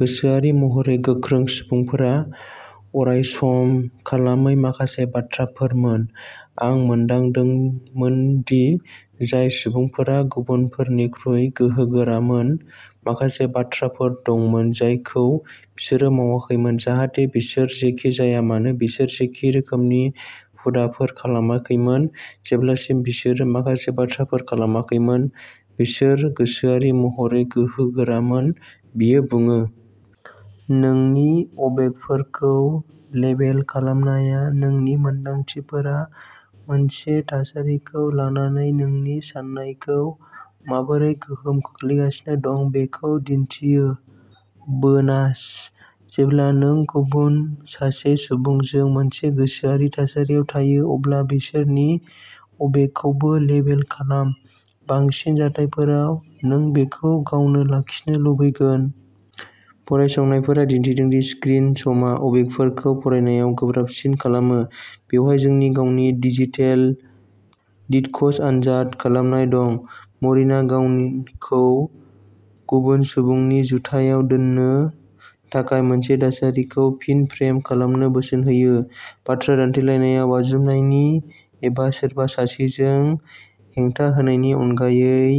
गोसोआरि महरै गोख्रों सुबुंफोरा अरायसम खालामै माखासे बाथ्राफोरमोन। "आं मोनदांदोंमोन दि जाय सुबुंफोरा गुबुनफोरनिख्रुइ गोहोगोरामोन, माखासे बाथ्राफोर दंमोन जायखौ बिसोरो मावाखैमोन, जाहाथे बिसोर जेखि जाया मानो बिसोर जेखि रोखोमनि हुदाफोर खालामाखैमोन, जेब्लासिम बिसोरो माखासे बाथ्राफोर खालामाखैमोन, बिसोर गोसोआरि महरै गोहोगोरामोन", बियो बुङो। नोंनि आबेगफोरखौ लेबेल खालामनाया नोंनि मोनदांथिफोरा मोनसे थासारिखौ लानानै नोंनि साननायखौ माबोरै गोहोम खोख्लैगासिनो दं बेखौ दिन्थियो। बोनासः जेब्ला नों गुबुन सासे सुबुंजों मोनसे गोसोआरि थासारियाव थायो, अब्ला बिसोरनि आबेगखौबो लेबेल खालाम। बांसिन जाथायफोराव, नों बेखौ गावनो लाखिनो लुबैगोन। फरायसंनायफोरा दिन्थिदों दि स्क्रिन समा अबेगफोरखौ फरायनायाव गोब्राबसिन खालामो। बेवहाय जोंनि गावनि डिजिटेल डिटक्स आनजाद खालामनाय दं। मरिनआ गावखौ गुबुन सुबुंनि जुथायाव दोननो थाखाय मोनसे थासारिखौ फिन फ्रेम खालामनो बोसोन होयो। "बाथ्रा दान्थेलायनायाव बाज्रुमनायनि एबा सोरबा सासेजों हेंथा होनायनि अनगायै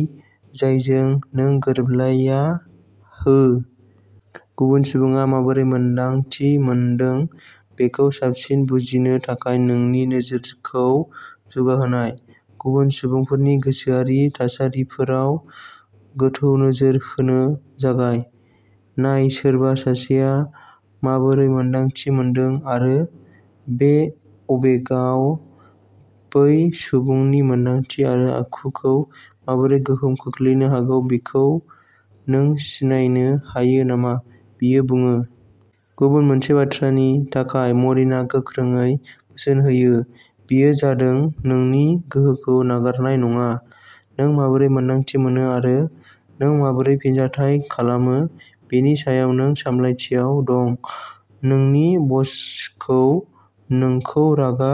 जायजों नों गोरोबलाया हो। गुबुन सुबुङा माबोरै मोन्दांथि मोनदों बेखौ साबसिन बुजिनो थाखाय नोंनि नोजोरखौ जौगाहोनाय। "गुबुन सुबुंफोरनि गोसोआरि थासारिफोराव गोथौ नोजोर होनो जागाय। नाय सोरबा सासेआ माबोरै मोन्दांथि मोनदों आरो बै अबेगआ बै सुबुंनि मोनदांथि आरो आखुखौ माबोरै गोहोम खोख्लैनो हागौ बेखौ नों सिनायनो हायो नामा", बियो बुङो। गुबुन मोनसे बाथ्रानि थाखाय मरिनआ गोख्रोङै बोसोन होयो, बेयो जादों नोंनि गोहोखौ नागारनाय नङा। नों माबोरै मोन्दांथि मोनो आरो नों माबोरै फिनजाथाय खालामो बेनि सायाव नों सामलायथियाव दं। "नोंनि बसखौ नोंखौ रागा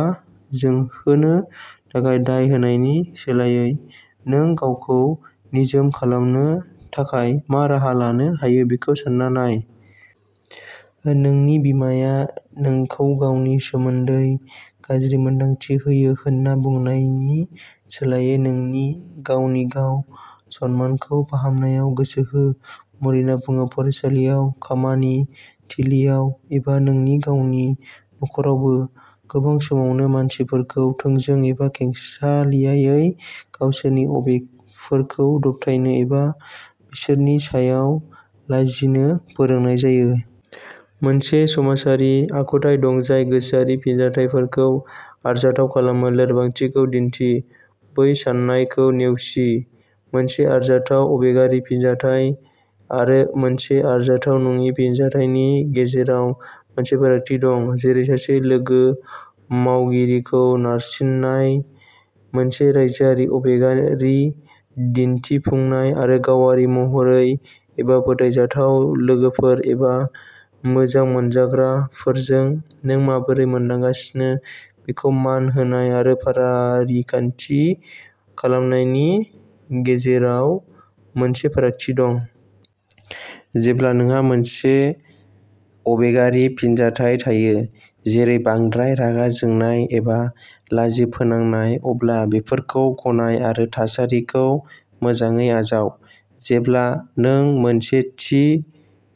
जोंहोनो थाखाय दाय होनायनि सोलायै, नों गावखौ निजोम खालामनो थाखाय मा राहा लानो हायो बेखौ सान्ना नाय। नोंनि बिमाया नोंखौ गावनि सोमोन्दै गाज्रि मोन्दांथि होयो होन्ना बुंनायनि सोलायै, नोंनि गावनि गाव-सनमानखौ फाहामनायाव गोसो हो", मरिनआ बुङो। फरायसालियाव खामानि थिलिआव एबा नोंनि गावनि नख'रावबो, गोबां समावनो मानसिफोरखौ थोंजों एबा खेंसालियायै गावसोरनि अबेगफोरखौ दबथायनो एबा बिसोरनि सायाव लाजिनो फोरोंनाय जायो। मोनसे समाजारि आखुथाय दं जाय गोसोआरि फिनजाथायफोरखौ आरजाथाव खालामो। लोरबांथिखौ दिन्थि। बै साननायखौ नेवसि। मोनसे आरजाथाव अबेगारि फिनजाथाय आरो मोनसे आरजाथाव नङि फिनजाथायनि गेजेराव मोनसे फारागथि दं, जेरै सासे लोगो मावगिरिखौ नारसिन्नाय। मोनसे रायजोआरि अबेगारि दिन्थिफुंनाय आरो गावारि महरै एबा फोथायजाथाव लोगोफोर एबा मोजां मोनजाग्राफोरजों नों माबोरै मोनदांगासिनो बेखौ मान होनाय आरो फारिखान्थि खालामनायनि गेजेराव मोनसे फारागथि दं। जेब्ला नोंहा मोनसे अबेगारि फिनजाथाय थायो, जेरै बांद्राय रागा जोंनाय एबा लाजि फोनांनाय, अब्ला बेफोरखौ गनाय आरो थासारिखौ मोजाङै आजाव। जेब्ला नों मोनसे थि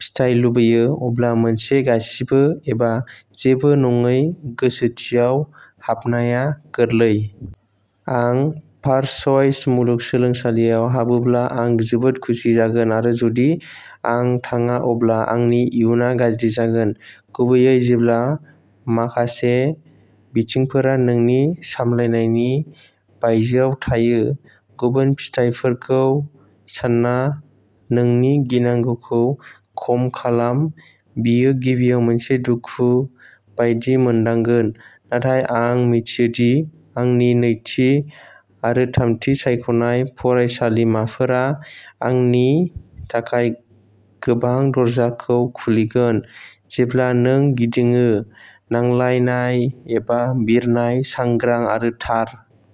फिथाय लुबैयो, अब्ला मोनसे गासिबो एबा जेबो नङै गोसोथियाव हाबनाया गोरलै। आं फार्स्टचइस मुलुगसोलोंसालियाव हाबोब्ला आं जोबोद खुसि जागोन आरो जुदि आं थाङा अब्ला आंनि इयुनआ गाज्रि जागोन। गुबैयै जेब्ला माखासे बिथिंफोरा नोंनि सामलायनायनि बायजोआव थायो, गुबुन फिथायफोरखौ सानना नोंनि गिनांगौखौ खम खालाम बेयो गिबियाव मोनसे दुखु बायदि मोनदांगोन, नाथाय आं मिथियो दि आंनि नैथि आरो थामथि सायख'नाय फरायसालिमाफोरा आंनि थाखाय गोबां दरजाखौ खुलिगोन। जेब्ला नों गिदिङो, नांलायनाय एबा बिरनाय सांग्रां आरो थार।